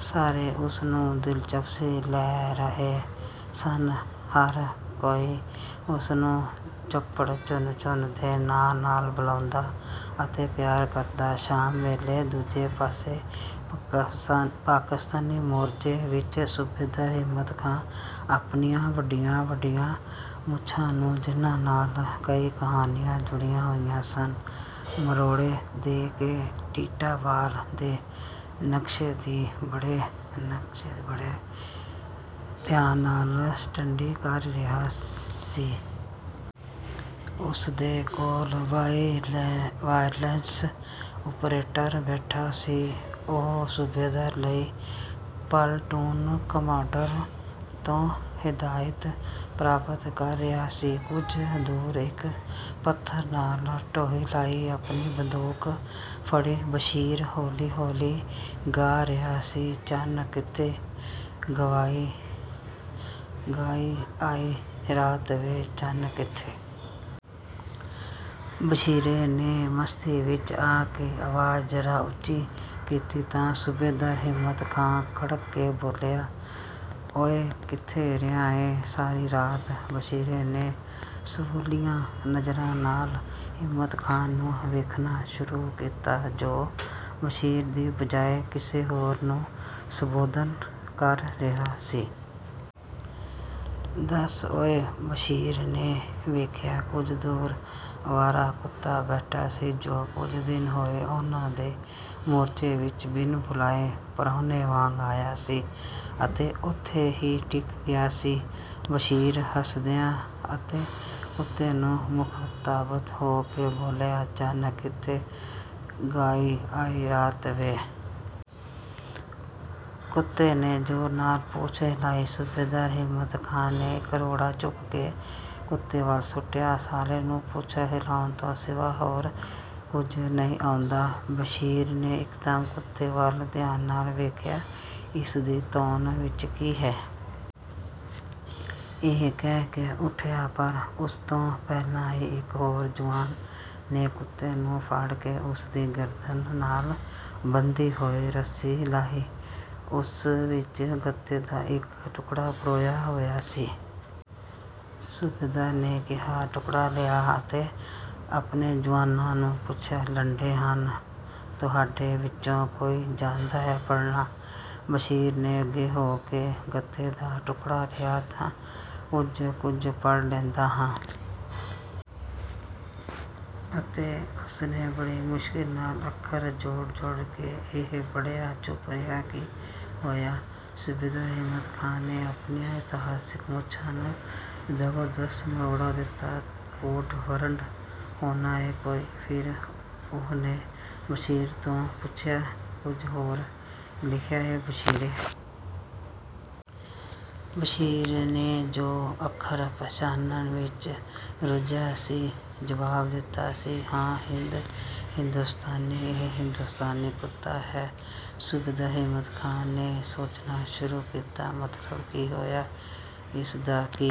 ਸਾਰੇ ਉਸ ਵਿੱਚ ਦਿਲਚਸਪੀ ਲੈ ਰਹੇ ਸਨ। ਹਰ ਕੋਈ ਉਹਨੂੰ ਚਪੜਝੁਣਝੁਣ ਦੇ ਨਾਂ ਨਾਲ ਬੁਲਾਉਂਦਾ ਅਤੇ ਪਿਆਰ ਕਰਦਾ। ਸ਼ਾਮ ਵੇਲੇ ਦੂਜੇ ਪਾਸੇ ਪਾਕਿਸਤਾਨੀ ਮੋਰਚੇ ਵਿੱਚ ਸੂਬੇਦਾਰ ਹਿੰਮਤ ਖਾਂ ਆਪਣੀਆਂ ਵੱਡੀਆਂ ਵੱਡੀਆਂ ਮੁੱਛਾਂ ਨੂੰ ਜਿਨ੍ਹਾਂ ਨਾਲ ਕਈ ਕਹਾਣੀਆਂ ਜੁੜੀਆਂ ਹੋਈਆਂ ਸਨ ਮਰੋੜੇ ਦੇ ਕੇ ਟੀਟਵਾਲ ਦੇ ਨਕਸ਼ੇ ਦੀ ਬੜੇ ਧਿਆਨ ਨਾਲ ਸਟੱਡੀ ਕਰ ਰਿਹਾ ਸੀ। ਉਸ ਦੇ ਕੋਲ ਵਾਇਰਲੈਸ ਓਪਰੇਟਰ ਬੈਠਾ ਸੀ ਉਹ ਸੂਬੇਦਾਰ ਲਈ ਪਲਟੂਨ ਕਮਾਂਡਰ ਤੋਂ ਹਦਾਇਤ ਪ੍ਰਾਪਤ ਕਰ ਰਿਹਾ ਸੀ। ਕੁਝ ਦੂਰ ਇੱਕ ਪੱਥਰ ਨਾਲ ਢੋਹ ਲਾਈ ਆਪਣੀ ਬੰਦੂਕ ਫੜੀ ਬਸ਼ੀਰ ਹੌਲੀ ਹੌਲੀ ਗਾ ਰਿਹਾ ਸੀ ਚੰਨ ਕਿੱਥੇ ਗਵਾਈ ਆਈ ਰਾਤ ਵੇ ਚੰਨ ਕਿੱਥੇ। ਬਸ਼ੀਰੇ ਨੇ ਮਸਤੀ ਵਿੱਚ ਆ ਕੇ ਆਵਾਜ਼ ਜ਼ਰਾ ਉਚੀ ਕੀਤੀ ਤਾਂ ਸੂਬੇਦਾਰ ਹਿੰਮਤ ਖਾਂ ਕੜਕ ਕੇ ਬੋਲਿਆ ਓਏ ਕਿੱਥੇ ਰਿਹਾ ਏਂ ਸਾਰੀ ਰਾਤ। ਬਸ਼ੀਰ ਨੇ ਸੁਆਲੀਆ ਨਜ਼ਰਾਂ ਨਾਲ ਹਿੰਮਤ ਖਾਂ ਨੂੰ ਵੇਖਣਾ ਸ਼ੁਰੂ ਕੀਤਾ ਜੋ ਬਸ਼ੀਰ ਦੀ ਬਜਾਏ ਕਿਸੇ ਹੋਰ ਨੂੰ ਸੰਬੋਧਨ ਕਰ ਰਿਹਾ ਸੀ। ਦੱਸ ਓਏ। ਬਸ਼ੀਰ ਨੇ ਵੇਖਿਆ ਕੁੱਝ ਦੂਰ ਆਵਾਰਾ ਕੁੱਤਾ ਬੈਠਾ ਸੀ ਜੋ ਕੁੱਝ ਦਿਨ ਹੋਏ ਉਨ੍ਹਾਂ ਦੇ ਮੋਰਚੇ ਵਿੱਚ ਬਿਨਾਂ ਬੁਲਾਏ ਪਰਾਹੁਣੇ ਵਾਂਗ ਆਇਆ ਸੀ ਅਤੇ ਉਥੇ ਹੀ ਟਿਕ ਗਿਆ ਸੀ। ਬਸ਼ੀਰ ਹੱਸਿਆ ਅਤੇ ਕੁੱਤੇ ਨੂੰ ਮੁਖਾਤਬ ਹੋ ਕੇ ਬੋਲਿਆ ਚੰਨ ਕਿੱਥੇ ਗਵਾਈ ਆਈ ਰਾਤ ਵੇ। ਕੁੱਤੇ ਨੇ ਜ਼ੋਰ ਨਾਲ ਪੂਛ ਹਿਲਾਈ। ਸੂਬੇਦਾਰ ਹਿੰਮਤ ਖਾਂ ਨੇ ਇੱਕ ਰੋੜਾ ਚੁੱਕ ਕੇ ਕੁੱਤੇ ਵੱਲ ਸੁੱਟਿਆ ਸਾਲੇ ਨੂੰ ਪੂਛਲ ਹਿਲਾਉਣ ਤੋਂ ਸਿਵਾ ਹੋਰ ਕੁੱਝ ਨਹੀਂ ਆਉਂਦਾ। ਬਸ਼ੀਰ ਨੇ ਇੱਕਦਮ ਕੁੱਤੇ ਵੱਲ ਧਿਆਨ ਨਾਲ ਵੇਖਿਆ ਇਸ ਦੀ ਧੌਣ ਵਿੱਚ ਕੀ ਹੈ। ਇਹ ਕਹਿ ਕੇ ਉਹ ਉਠਿਆ ਪਰ ਉਸਤੋਂ ਪਹਿਲਾਂ ਹੀ ਇੱਕ ਹੋਰ ਜੁਆਨ ਨੇ ਕੁੱਤੇ ਨੂੰ ਫੜ ਕੇ ਉਸ ਦੀ ਗਰਦਨ ਨਾਲ ਬੱਧੀ ਹੋਈ ਰੱਸੀ ਲਾਹੀ। ਉਸ ਵਿੱਚ ਗੱਤੇ ਦਾ ਇੱਕ ਟੁਕੜਾ ਪਰੋਇਆ ਹੋਇਆ ਸੀ। ਸੂਬੇਦਾਰ ਨੇ ਇਹ ਟੁਕੜਾ ਲਿਆ ਅਤੇ ਆਪਣੇ ਜੁਆਨਾਂ ਨੂੰ ਪੁੱਛਿਆ ਲੰਡੇ ਹਨ ਤੁਹਾਡੇ ਵਿੱਚੋਂ ਕੋਈ ਜਾਣਦਾ ਹੈ ਪੜ੍ਹਨਾ। ਬਸ਼ੀਰ ਨੇ ਅੱਗੇ ਹੋ ਕੇ ਗੱਤੇ ਦਾ ਟੁਕੜਾ ਲਿਆ ਹਾਂ ਕੁੱਝ ਕੁੱਝ ਪੜ੍ਹ ਲੈਂਦਾ ਹਾਂ। ਅਤੇ ਉਹਨੇ ਬੜੀ ਮੁਸ਼ਕਲ ਨਾਲ ਅੱਖਰ ਜੋੜ ਜੋੜ ਕੇ ਇਹ ਪੜ੍ਹਿਆ ਚਪ ਇਹ ਕੀ ਹੋਇਆ। ਸੂਬੇਦਾਰ ਹਿੰਮਤ ਖਾਂ ਨੇ ਆਪਣੀਆਂ ਇਤਿਹਾਸਕ ਮੁੱਛਾਂ ਨੂੰ ਜ਼ਬਰਦਸਤ ਮਰੋੜਾ ਦਿੱਤਾ ਕੋਡ ਵਰਡ ਹੋਣਾ ਏ ਕੋਈ। ਫਿਰ ਉਹਨੇ ਬਸ਼ੀਰ ਤੋਂ ਪੁੱਛਿਆ ਕੁੱਝ ਹੋਰ ਲਿਖਿਆ ਏ ਬਸ਼ੀਰੇ। ਬਸ਼ੀਰ ਨੇ ਜੋ ਅੱਖਰ ਪਛਾਨਣ ਵਿੱਚ ਰੁੱਝਿਆ ਸੀ ਜਵਾਬ ਦਿੱਤਾ ਜੀ ਹਾਂ ਹਿੰਦ ਹਿੰਦੋਸਤਾਨੀ ਇਹ ਹਿੰਦੋਸਤਾਨੀ ਕੁੱਤਾ ਹੈ। ਸੂਬੇਦਾਰ ਹਿੰਮਤ ਖਾਂ ਨੇ ਸੋਚਣਾ ਸ਼ੁਰੂ ਕੀਤਾ, ਮਤਲਬ ਕੀ ਹੋਇਆ ਇਸਦਾ? ਕੀ